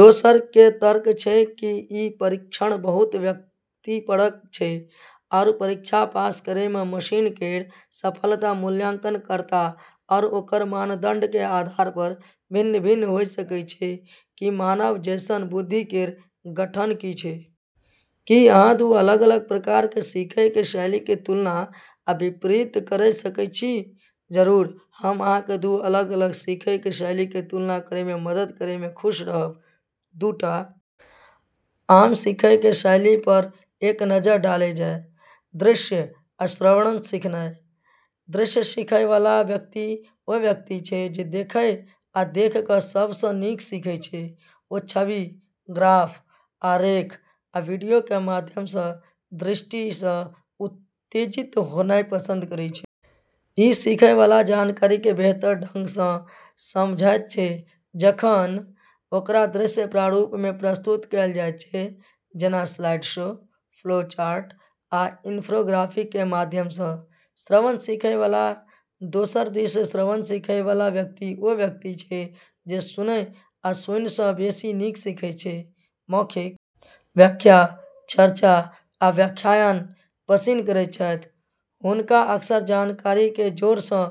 दोसरऽ के तर्क छै कि ई परीक्षण बहुत व्यक्तिपरक छै, आरू परीक्षा पास करै मऽ मशीन केरऽ सफलता मूल्यांकनकर्ता आरू ओकरऽ मानदंड के आधार पऽ भिन्न-भिन्न होय सकै छै कि मानव जैसनऽ बुद्धि केरऽ गठन की छै। की अहां दू अलग-अलग प्रकार कें सीखय कें शैली के तुलना आ विपरीत करय सकय छी जरूर, हम अहाँ के दू अलग-अलग सीखय के शैली के तुलना करय मे मदद करय में खुश रहब ।दूटा आम सीखय के शैली पर एक नजर डालल जाय: दृश्य आ श्रवण सीखनाय ।दृश्य सीखय वाला व्यक्ति ओ व्यक्ति छै जे देखय आ देख क सब सऽ नीक सीखय छै। ओ छवि, ग्राफ, आरेख आ वीडियो के माध्यम सऽ दृष्टि सऽ उत्तेजित होनाय पसंद करय छै। इ सीखएय वाला जानकारी कें बेहतर ढंग सऽ समझएयत छै जखन ओकरा दृश्य प्रारूप मे प्रस्तुत कैल जायत छै, जेना स्लाइड शो, फ्लो चार्ट या इन्फोग्राफिक के माध्यम सऽ ।श्रवण सीखय वाला: दोसर दिस श्रवण सीखय वाला व्यक्ति ओ व्यक्ति छै जे सुनय आ सुनय सऽ बेसि नीक सीखय छै ।मौखिक व्याख्या, चर्चा, आ व्याख्यान पसिन करैत छथि। हुनका अक्सर जानकारी के जोर सऽ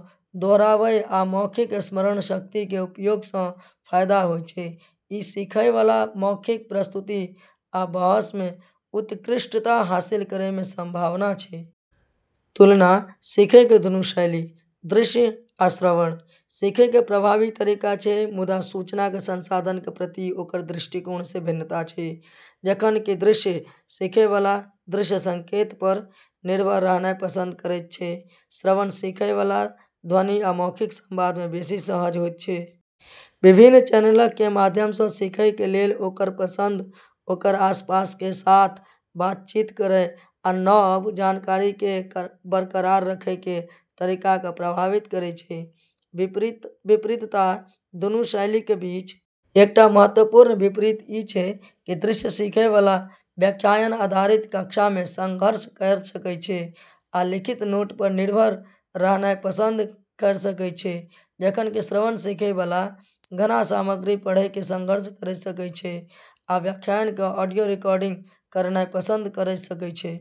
दोहरावय आ मौखिक स्मरणशक्ति के उपयोग सं फायदा होयत छै। इ सीखएय वाला मौखिक प्रस्तुति आ बहस मे उत्कृष्टता हासिल करय कें संभावना छै। तुलना: सीखय के दूनू शैली – दृश्य आ श्रवण – सीखय के प्रभावी तरीका छै, मुदा सूचना के संसाधन के प्रति ओकर दृष्टिकोण मे भिन्नता छै। जखन कि दृश्य सीखएय वाला दृश्य संकेतक पर निर्भर रहनाय पसंद करएयत छै, श्रवण सीखएय वाला ध्वनि आ मौखिक संवाद मे बेसि सहज होयत छै। विभिन्न चैनलक कें माध्यम सऽ सीखय के लेल ओकर पसंद ओकर आसपास कें साथ बातचीत करय आ नव जानकारी के बरकरार रखय कें तरीका कें प्रभावित करय छै ।विपरीतता: दूनू शैलीक के बीच एकटा महत्वपूर्ण विपरीत इ छै की दृश्य सीखय वाला व्याख्यान आधारित कक्षाक मे संघर्ष कयर सकय छै आ लिखित नोट पर निर्भर रहनाय पसंद कयर सकय छै, जखन कि श्रवण सीखय वाला घना सामग्री पढ़य मे संघर्ष करय सकय छै आ व्याख्यान के ऑडियो रिकॉर्डिंग करनाय पसंद करय सकय छै।